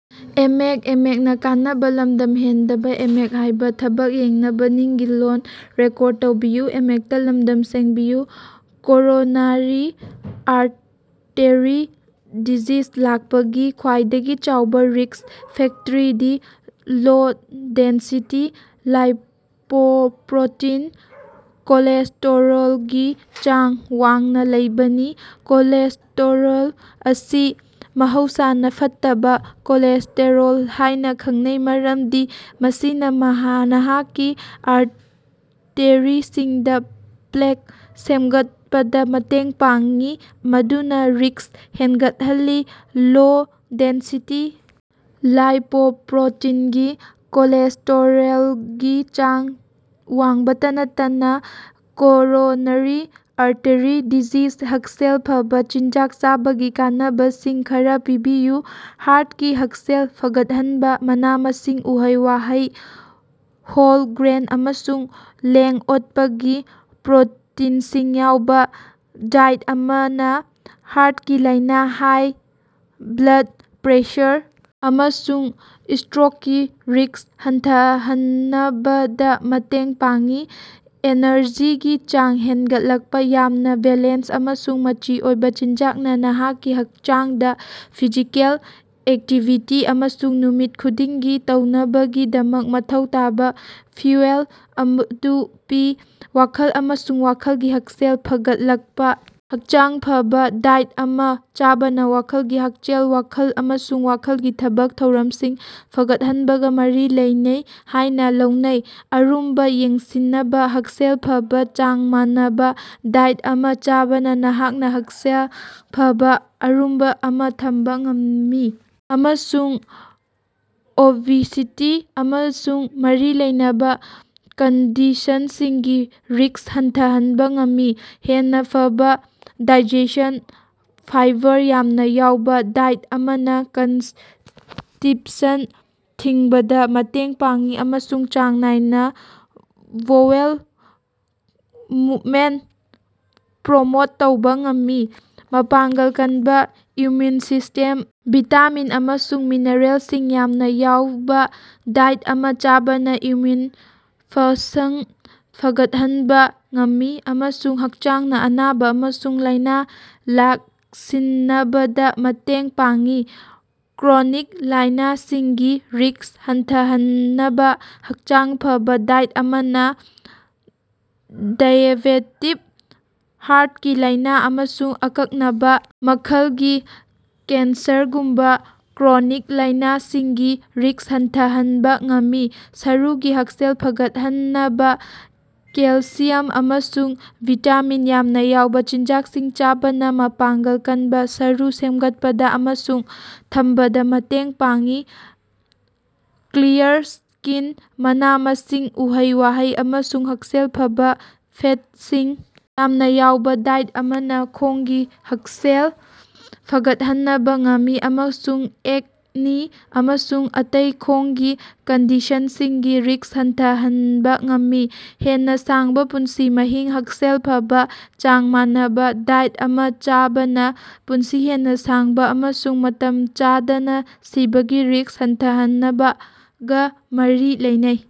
Coronary artery disease ꯂꯥꯛꯄꯒꯤ ꯈ꯭ꯋꯥꯏꯗꯒꯤ ꯆꯥꯎꯕ ꯔꯤꯛꯁ ꯐꯦꯛꯇ꯭ꯔꯤꯗꯤ ꯂꯣ-ꯗꯦꯟꯁꯤꯇꯤ ꯂꯥꯏꯄꯣꯄ꯭ꯔꯣꯇꯤꯟ ꯀꯣꯂꯦꯁꯇꯣꯔꯣꯜꯒꯤ ꯆꯥꯡ ꯋꯥꯡꯅ ꯂꯩꯕꯅꯤ꯫ ꯀꯣꯂꯦꯁꯇꯣꯔꯣꯜ ꯑꯁꯤ ꯃꯍꯧꯁꯅꯥ "ꯐꯠꯇꯕꯥ" ꯀꯣꯂꯦꯁꯇꯦꯔꯣꯜ ꯍꯥꯏꯅ ꯈꯪꯅꯩ ꯃꯔꯝꯗꯤ ꯃꯁꯤꯅ ꯃꯍꯥ ꯅꯍꯥꯛꯀꯤ ꯑꯥꯔꯇꯦꯔꯤꯁꯤꯡꯗꯥ ꯄ꯭ꯂꯦꯛ ꯁꯦꯝꯒꯠꯄꯗ ꯃꯇꯦꯡ ꯄꯥꯡꯏ, ꯃꯗꯨꯅ ꯔꯤꯛꯁ ꯍꯦꯟꯒꯠꯍꯜꯂꯤ꯫ ꯂꯣ-ꯗꯦꯟꯁꯤꯇꯤ ꯂꯥꯢꯄꯣꯄ꯭ꯔꯣꯇꯤꯟꯒꯤ ꯀꯣꯂꯦꯁꯇꯣꯔꯦꯜꯒꯤ ꯆꯥꯡ ꯋꯥꯡꯕꯇ ꯅꯠꯇꯅ, ꯀꯣꯔꯣꯅꯔꯤ ꯑꯔꯇꯔꯤ ꯗꯤꯖꯤꯁ ꯍꯛꯁꯦꯜ ꯐꯕ ꯆꯤꯟꯖꯥꯛ ꯆꯥꯕꯒꯤ ꯀꯥꯟꯅꯕꯁꯤꯡ ꯈꯔꯥ ꯄꯤꯕꯤꯌꯨ꯫ ꯍꯥꯔꯠꯀꯤ ꯍꯛꯁꯦꯜ ꯐꯒꯠꯍꯟꯕ: ꯃꯅꯥ-ꯃꯁꯤꯡ, ꯎꯍꯩ-ꯋꯥꯍꯩ, ꯍꯣꯜ ꯒ꯭ꯔꯦꯟ ꯑꯃꯁꯨꯡ ꯂꯦꯡ-ꯑꯣꯠꯄꯒꯤ ꯄ꯭ꯔꯣꯇꯤꯟꯁꯤꯡ ꯌꯥꯎꯕ ꯗꯥꯏꯠ ꯑꯃꯅ ꯍꯥꯔꯠꯀꯤ ꯂꯥꯏꯅ, ꯍꯥꯏ ꯕ꯭ꯂꯗ ꯄ꯭ꯔꯦꯁꯔ ꯑꯃꯁꯨꯡ ꯁꯇ꯭ꯔꯣꯛꯀꯤ ꯔꯤꯛꯁ ꯍꯟꯊꯍꯟꯅꯕꯗ ꯃꯇꯦꯡ ꯄꯥꯡꯏ꯫ ꯑꯦꯅꯔꯖꯤꯒꯤ ꯆꯥꯡ ꯍꯦꯟꯒꯠꯂꯛꯄ, ꯌꯥꯝꯅ ꯕꯦꯂꯦꯟꯁ ꯑꯃꯁꯨꯡ ꯃꯆꯤ ꯑꯣꯏꯕ ꯆꯤꯟꯖꯥꯛꯅ ꯅꯍꯥꯛꯀꯤ ꯍꯛꯆꯥꯡꯗ ꯐꯤꯖꯤꯀꯦꯜ ꯑꯦꯛꯇꯤꯚꯤꯇꯤ ꯑꯃꯁꯨꯡ ꯅꯨꯃꯤꯠ ꯈꯨꯗꯤꯡꯒꯤ ꯇꯧꯅꯕꯒꯤꯗꯃꯛ ꯃꯊꯧ ꯇꯥꯕꯥ ꯐ꯭ꯌꯨꯑꯦꯜ ꯑꯝꯗꯨ ꯄꯤ꯫ ꯋꯥꯈꯜ ꯑꯃꯁꯨꯡ ꯋꯥꯈꯜꯒꯤ ꯍꯛꯁꯦꯜ ꯐꯒꯠꯂꯛꯄ: ꯍꯛꯆꯥꯡ ꯐꯕꯥ ꯗꯥꯏꯠ ꯑꯃ ꯆꯥꯕꯅ ꯋꯥꯈꯜꯒꯤ ꯍꯛꯁꯦꯜ, ꯋꯥꯈꯜ ꯑꯃꯁꯨꯡ ꯋꯥꯈꯜꯒꯤ ꯊꯕꯛ ꯊꯧꯔꯝꯁꯤꯡ ꯐꯒꯠꯍꯟꯕꯒ ꯃꯔꯤ ꯂꯩꯅꯩ ꯍꯥꯏꯅ ꯂꯧꯅꯩ꯫ ꯑꯔꯨꯝꯕ ꯌꯦꯡꯁꯤꯟꯅꯕꯥ ꯍꯛꯁꯦꯜ ꯐꯕꯥ, ꯆꯥꯡ ꯃꯥꯟꯅꯕ ꯗꯥꯏꯠ ꯑꯃ ꯆꯥꯕꯅ ꯅꯍꯥꯛꯅ ꯍꯛꯆꯥꯡ ꯐꯕ ꯑꯔꯨꯝꯕ ꯑꯃ ꯊꯝꯕ ꯉꯝꯃꯤ ꯑꯃꯁꯨꯡ ꯑꯣꯕꯤꯁꯤꯇꯤ ꯑꯃꯁꯨꯡ ꯃꯔꯤ ꯂꯩꯅꯕ ꯀꯟꯗꯤꯁꯟꯁꯤꯡꯒꯤ ꯔꯤꯛꯁ ꯍꯟꯊꯍꯟꯕ ꯉꯝꯃꯤ꯫ ꯍꯦꯟꯅ ꯐꯕꯥ ꯗꯥꯏꯖꯦꯁꯟ ꯐꯥꯏꯕꯔ ꯌꯥꯝꯅ ꯌꯥꯎꯕ ꯗꯥꯏꯠ ꯑꯃꯅ ꯀꯟꯁꯇꯤꯞꯁꯟ ꯊꯤꯡꯕꯗ ꯃꯇꯦꯡ ꯄꯥꯡꯏ ꯑꯃꯁꯨꯡ ꯆꯥꯡ ꯅꯥꯏꯅ ꯕꯣꯋꯦꯜ ꯃꯨꯞꯃꯦꯟ ꯄ꯭ꯔꯣꯃꯣꯠ ꯇꯧꯕ ꯉꯝꯃꯤ꯫ ꯃꯄꯥꯡꯒꯜ ꯀꯟꯕ ꯏꯝꯃ꯭ꯌꯨꯟ ꯁꯤꯁꯇꯦꯝ: ꯚꯤꯇꯥꯃꯤꯟ ꯑꯃꯁꯨꯡ ꯃꯤꯅꯔꯦꯜꯁꯤꯡ ꯌꯥꯝꯅ ꯌꯥꯎꯕ ꯗꯥꯏꯠ ꯑꯃ ꯆꯥꯕꯅ ꯏꯝꯃ꯭ꯌꯨꯟ ꯐꯁꯪ ꯐꯒꯠꯍꯟꯕ ꯉꯝꯃꯤ ꯑꯃꯁꯨꯡ ꯍꯛꯆꯥꯡꯅ ꯑꯅꯥꯕ ꯑꯃꯁꯨꯡ ꯂꯥꯏꯅ ꯂꯥꯛꯁꯤꯟꯅꯕꯗ ꯃꯇꯦꯡ ꯄꯥꯡꯏ꯫ ꯀ꯭ꯔꯣꯅꯤꯛ ꯂꯥꯢꯅꯁꯤꯡꯒꯤ ꯔꯤꯛꯁ ꯍꯟꯊꯥꯍꯟꯅꯕ ꯍꯛꯆꯥꯡ ꯐꯕꯥ ꯗꯥꯏꯠ ꯑꯃꯅ ꯗꯥꯏꯑꯦꯕꯦꯇꯤꯕ, ꯍꯥꯔꯠꯀꯤ ꯂꯥꯢꯅ ꯑꯃꯁꯨꯡ ꯑꯀꯛꯅꯕ ꯃꯈꯜꯒꯤ ꯀꯦꯟꯁꯔꯒꯨꯝꯕꯥ ꯀ꯭ꯔꯣꯅꯤꯛ ꯂꯥꯢꯅꯥꯁꯤꯡꯒꯤ ꯔꯤꯛꯁ ꯍꯟꯊꯥꯍꯟꯕ ꯉꯝꯃꯤ꯫ ꯁꯔꯨꯒꯤ ꯍꯛꯁꯦꯜ ꯐꯒꯠꯍꯟꯅꯕꯥ ꯀꯦꯜꯁꯤꯌꯝ ꯑꯃꯁꯨꯡ ꯚꯤꯇꯥꯃꯤꯟ ꯌꯥꯝꯅ ꯌꯥꯎꯕ ꯆꯤꯟꯖꯥꯛꯁꯤꯡ ꯆꯥꯕꯅ ꯃꯄꯥꯡꯒꯜ ꯀꯟꯕꯥ ꯁꯔꯨ ꯁꯦꯝꯒꯠꯄꯗ ꯑꯃꯁꯨꯡ ꯊꯝꯕꯗꯥ ꯃꯇꯦꯡ ꯄꯥꯡꯏ꯫ ꯀ꯭ꯂꯤꯌꯥꯔ ꯁ꯭ꯀꯤꯟ ꯃꯅꯥ-ꯃꯁꯤꯡ, ꯎꯍꯩ-ꯋꯥꯍꯩ ꯑꯃꯁꯨꯡ ꯍꯛꯁꯦꯜ ꯐꯕꯥ ꯐꯦꯠꯁꯤꯡ ꯌꯥꯝꯅ ꯌꯥꯎꯕ ꯗꯥꯏꯠ ꯑꯃꯅ ꯈꯣꯡꯒꯤ ꯍꯛꯁꯦꯜ ꯐꯒꯠꯍꯟꯅꯕ ꯉꯝꯃꯤ ꯑꯃꯁꯨꯡ ꯑꯦꯛꯅꯤ ꯑꯃꯁꯨꯡ ꯑꯇꯩ ꯈꯣꯡꯒꯤ ꯀꯟꯗꯤꯁꯟꯁꯤꯡꯒꯤ ꯔꯤꯛꯁ ꯍꯟꯊꯥꯍꯟꯕ ꯉꯝꯃꯤ꯫ ꯍꯦꯟꯅ ꯁꯥꯡꯕ ꯄꯨꯟꯁꯤ ꯃꯍꯤꯡ :ꯍꯛꯁꯦꯜ ꯐꯕꯥ, ꯆꯥꯡ ꯃꯥꯟꯅꯕ ꯗꯥꯏꯠ ꯑꯃ ꯆꯥꯕꯅ ꯄꯨꯟꯁꯤ ꯍꯦꯟꯅ ꯁꯥꯡꯕ ꯑꯃꯁꯨꯡ ꯃꯇꯝ ꯆꯥꯗꯅ ꯁꯤꯕꯒꯤ ꯔꯤꯛꯁ ꯍꯟꯊꯥꯍꯟꯅꯕꯒ ꯃꯔꯤ ꯂꯩꯅꯩ꯫